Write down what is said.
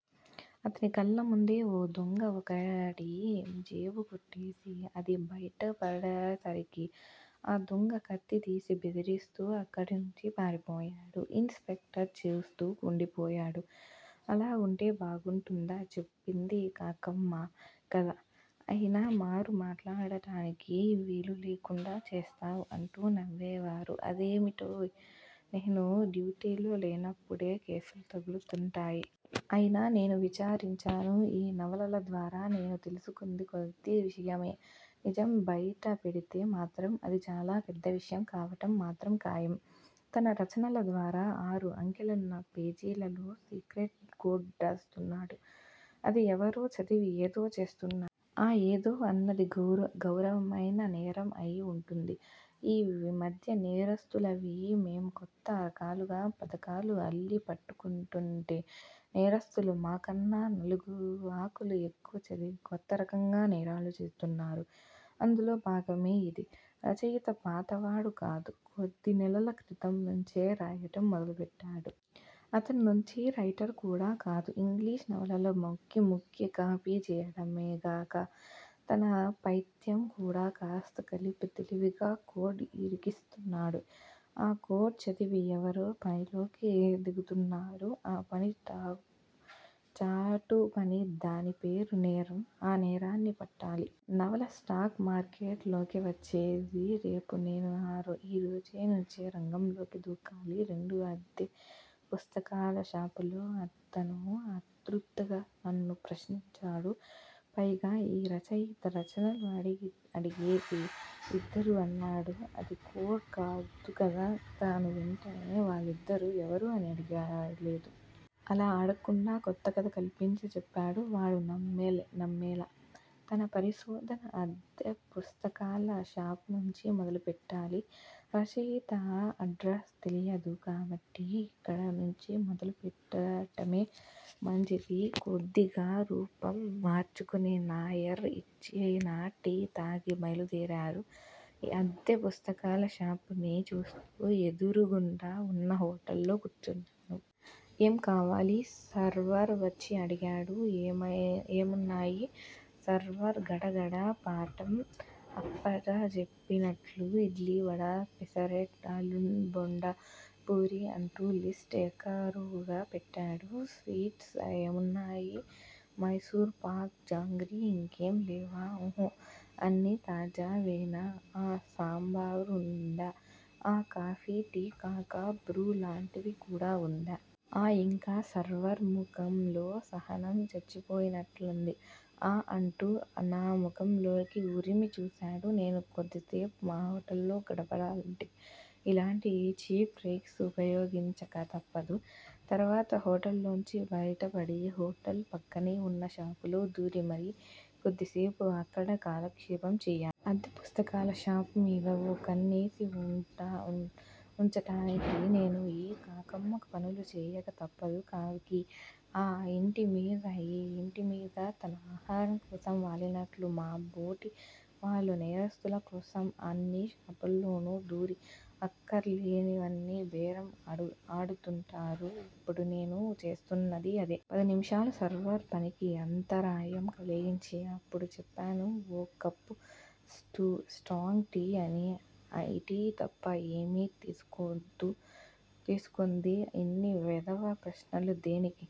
అతని కళ్ళముందే ఓ దొంగ ఒకడి జేబు కొట్టేసి అది బైటపడేసరికి ఆ దొంగ కత్తితీసి బెదిరిస్తూ అక్కడనుంచి పారిపోయాడు. ఇన్ స్పెక్టర్ చూస్తూ వుండిపోయాడు. అలా వుంటే బాగుంటుందా? చెప్పింది కాకమ్మ కధ అయినా మారు మాట్లాడటానికి వీలులేకుండా చేస్తావ్. అంటూ నవ్వేవారు. అదేమిటో నేను డ్యూటీలో లేనప్పుడే కేసులు తగులుతుంటాయి. అయినా నేను విచారించాను. ఈ నవలల ద్వారా నేను తెలుసుకుంది కొద్ది విషయమే. నిజం బైట పెడితే మాత్రం అది చాలా పెద్ద విషయం కావటం మాత్రం ఖాయం. తన రచనల ద్వారా ఆరు అంకెలున్న పేజీలలో సీక్రెట్ కోడ్ రాస్తున్నాడు. అది ఎవరో చదివి ఏదో చేస్తున్నారు. ఆ ఏదో అన్నది ఘోరమైన నేరం అయి వుంటుంది. ఈ మధ్య నేరస్తులని మేము కొత్త రకాలుగా పధకాలు అల్లి పట్టుకుంటుంటే నేరస్తులు మాకన్నా నాలుగు ఆకులు ఎక్కువ చదివి కొత్త రకంగా నేరాలు చేస్తున్నారు. అందులో భాగమే యిది. రచయిత పాతవాడు కాదు. కొద్ది నెలల క్రితం నుంచే రాయటం మొదలుపెట్టాడు. అతను మంచి రైటర్ కూడా కాదు. ఇంగ్లీషు నవలలు మక్కీ మక్కీ కాపీ చేయటమేగాక తన పైత్యం కూడా కాస్త కలిపి తెలివిగా కోడ్ ఇరికిస్తున్నాడు. ఆ కోడ్ చదివి ఎవరో పనిలోకి దిగుతున్నారు. ఆ పని చాటుపని దానిపేరు నేరం. ఆ నేరాన్ని పట్టాలి. నవల స్టాక్ మార్కెట్ లోకి వచ్చేది రేపు. నేను ఈరోజు నుంచే రంగంలోకి దూకాలి. రెండో అద్దె పుస్తకాల షాపులో అతను ఆత్రుతగా నన్ను ప్రశ్నించాడు. పైగా యీ రచయిత రచనలు అడిగేది ఇద్దరు అన్నాడు. అది కోడ్ కాదు కదా! తను వెంటనే వాళ్ళిద్దరూ ఎవరు అని అడగలేదు. అలా అడక్కుండా కొత్త కధ కల్పించి చెప్పాడు. వాడు నమ్మేలా. తన పరిశోధన అద్దె పుస్తకాల షాపునుంచి మొదలుపెట్టాలి. రచయిత అడ్రస్ తెలియదు కాబట్టి ఇక్కడ నుంచి మొదలు పెట్టటమే మంచిది. కొద్దిగా రూపం మార్చుకుని నాయర్ ఇచ్చిన టీ తాగి బయలుదేరాను. అద్దె పుస్తకాల షాపుని చూస్తూ ఎదురుగుండా వున్న హోటల్లో కూర్చున్నాను. ఏం కావాలి! సర్వర్ వచ్చి అడిగాడు. ఏమున్నాయి! సర్వర్ గడగడ పాఠం అప్పజెప్పినట్లు ఇడ్లి వడ పెసరట్ ఆలూబోండా పూరి అంటూ లిష్ట్ ఏకరువు పెట్టాడు. స్వీట్స్ ఏమున్నాయి! మైసూర్ పాక్ జాంగ్రీ! ఇంకేం లేవా? ఉహు! అన్నీ తాజావేనా! ఆ సాంబారు వుందా? ఆ కాఫీ టీ కాక బ్రూ లాంటిది కూడా వుందా? ఆ ఇంక సర్వర్ ముఖంలో సహనం చచ్చిపోయినట్లుంది. ఆ అంటూ నా ముఖంలోకి ఉరిమి చూశాడు. నేను కొద్దిసేపు హోటల్లో గడపాలంటే ఇలాంటి చీప్ ట్రిక్స్ ఉపయోగించక తప్పదు. తర్వాత హోటల్లోంచి బయటపడి హోటల్ పక్కనే వున్న షాపులో దూరి మరి కొద్దిసేపు అక్కడ కాలక్షేపం చేయాలి. అద్దె పుస్తకాల షాపుమీద ఓ కన్నేసి వుంచటానికి నేను యీ కాకమ్మ పనులు చేయక తప్పదు. కాకి ఆ ఇంటి మీద యీ ఇంటిమీద తన ఆహారం కోసం వాలినట్లు మాబోటి వాళ్ళు నేరస్తుల కోసం అన్ని షాపుల్లోను దూరి అక్కరలేనివన్నీ బేరం ఆడుతుంటారు. ఇప్పుడు నేను చేస్తున్నది ఆపనే. పది నిమిషాలు సర్వర్ పనికి అంతరాయం కలిగించి అప్పుడు చెప్పాను. ఓ కప్పు స్ట్రాంగ్ టీ అని టీ తప్ప ఏమీ తీసుకోంది ఇన్ని వెధవ ప్రశ్నలు దేనికి!